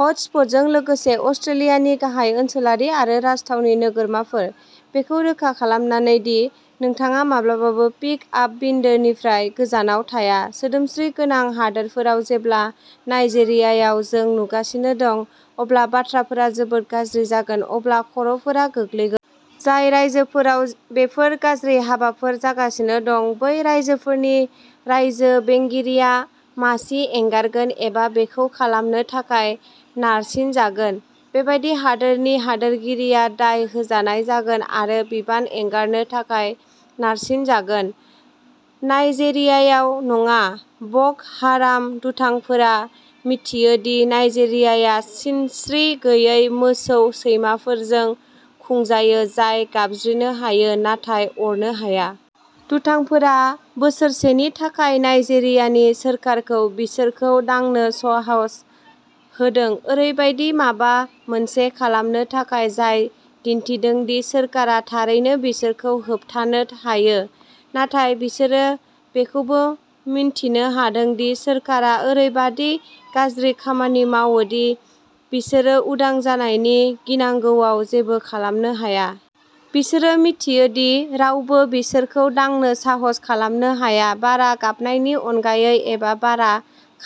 हटस्पटजों लोगोसे अस्ट्रेलियानि गाहाय ओनसोलारि आरो राजथावनि नोगोरमाफोर, बेखौ रोखा खालामनानै दि नोंथाङा माब्लाबाबो पिक आप बिन्दोनिफ्राय गोजानाव थाया। सोदोमस्रि गोनां हादोरफोराव, जेब्ला नाइजेरियायाव जों नुगासिनो दं, अब्ला बाथ्राफोरा जोबोद गाज्रि जागोन, अब्ला खर'फोरा गोग्लैगोन। जाय रायजोफोराव बेफोर गाज्रि हाबाफोर जागासिनो दं, बै रायजोफोरनि रायजो बेंगिरिया मासि एंगारगोन, एबा बेखौ खालामनो थाखाय नारसिनजागोन। बेबादि हादोरनि हादोरगिरिया दाय होजानाय जागोन आरो बिबान एंगारनो थाखाय नारसिनजागोन। नाइजेरियायाव नङा। ब'क'हाराम दुथांफोरा मिथियो दि नाइजेरियाया सिनस्रि गैयै मोसौ सैमाफोरजों खुंजायो, जाय गाबज्रिनो हायो, नाथाय अरनो हाया। दुथांफोरा बोसोरसेनि थाखाय नाइजेरियानि सोरखारखौ बिसोरखौ दांनो साहस होदों, ओरैबायदि माबा मोनसे खालामनो थाखाय जाय दिन्थिदों दि सोरखारा थारैनो बिसोरखौ होबथानो हायो, नाथाय बिसोरो बेखौबो मिन्थिनो हादों दि सोरखारा ओरैबादि गाज्रि खामानि मावो दि बिसोरो उदां जानायनि गिनांगौआव जेबो खालामनो हाया। बिसोरो मिथियो दि रावबो बिसोरखौ दांनो साहस खालामनो हाया। बारा गाबनायनि अनगायै एबा बारा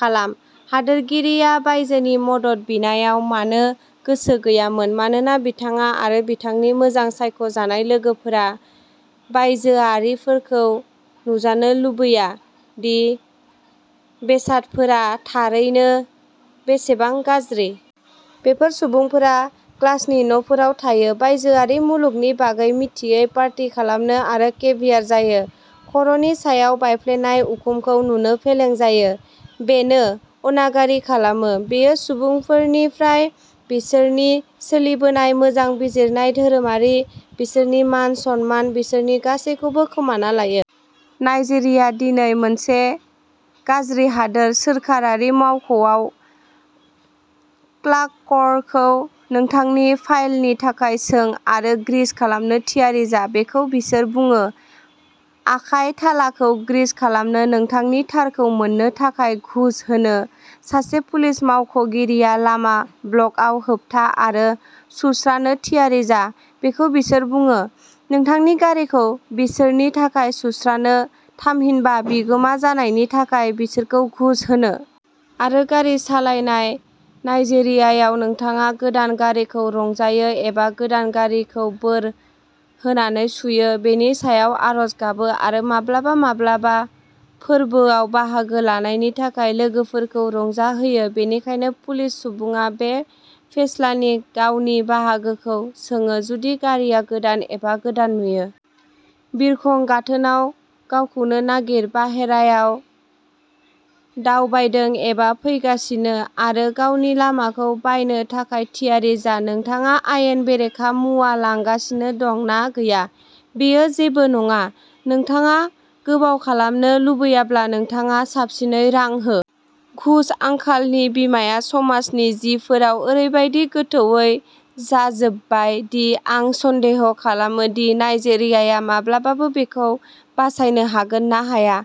खालाम। हादोरगिरिया बायजोनि मदद बिनायाव मानो गोसो गैयामोन मानोना बिथाङा आरो बिथांनि मोजां सायख'जानाय लोगोफोरा बायजोआरिफोरखौ नुजानो लुबैया दि बेसादफोरा थारैनो बेसेबां गाज्रि। बेफोर सुबुंफोरा ग्लासनि न'फोराव थायो, बायजोआरि मुलुगनि बागै मिथियै, पार्टि खालामो आरो केभियार जायो। खर'नि सायाव बायफ्लेनाय उखुमखौ नुनो फेलें जायो। बेनो अनागारि खालामो। बेयो सुबुंफोरनिफ्राय बिसोरनि सोलिबोनाय, मोजां बिजिरनाय, धोरोमारि, बिसोरनि मान-सन्मान, बिसोरनि गासैबोखौ खोमाना लायो। नाइजेरिया दिनै मोनसे गाज्रि हादोर। सोरखारि मावख'आव क्लार्कखौ नोंथांनि फाइलनि थाखाय सों, आरो ग्रीस खालामनो थियारि जा, बेखौ बिसोर बुङो, आखाइ थालाखौ ग्रीस खालामनो, नोंथांनि थारखौ मोननो थाखाय घुस होनो। सासे पुलिस मावख'गिरिया लामा ब्लकआव होबथा, आरो सुस्रानो थियारि जा, बेखौ बिसोर बुङो, नोंथांनि गारिखौ बिसोरनि थाखाय सुस्रानो, थामहिनबा बिगोमा जानायनि थाखाय बिसोरखौ घुस होनो। आरो गारि सालायनाय। नाइजेरियायाव, नोंथाङा गोदान गारिखौ रंजायो, एबा गोदान गारिखौ बोर होनानै सुयो, बेनि सायाव आरज गाबो, आरो माब्लाबा-माब्लाबा फोरबोआव बाहागो लानायनि थाखाय लोगोफोरखौ रंजाहोयो। बेनिखायनो पुलिस सुबुङा बे फेस्लानि गावनि बाहागोखौ सोङो जुदि गारिआ गोदान, एबा गोदान नुयो। बिरखं गाथोनाव गावखौनो नागिर, बाहेरायाव दावबायदों एबा फैगासिनो, आरो गावनि लामाखौ बायनो थाखाय थियारि जा। नोंथाङा आयेन बेरेखा मुवा लांगासिनो दं ना गैया, बेयो जेबो नङा। नोंथाङा गोबाव खालामनो लुबैयाब्ला, नोंथाङा साबसिनै रां हो। घुस, आंखालनि बिमाआ समाजनि जिफोराव ओरैबादि गोथौवै जाजोबबाय दि आं सन्देह खालामो दि नाइजेरियाया माब्लाबाबो बेखौ बासायनो हागोन ना हाया।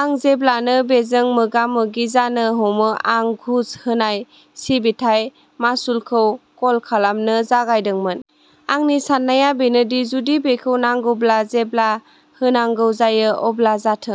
आं जेब्लानो बेजों मोगा-मोगि जानो हमो, आं घुस होनाय सिबिथाय मासुलखौ कल खालामनो जागायदोंमोन। आंनि साननाया बेनो दि जुदि बेखौ नांगौब्ला, जेब्ला होनांगौ जायो, अब्ला जाथों।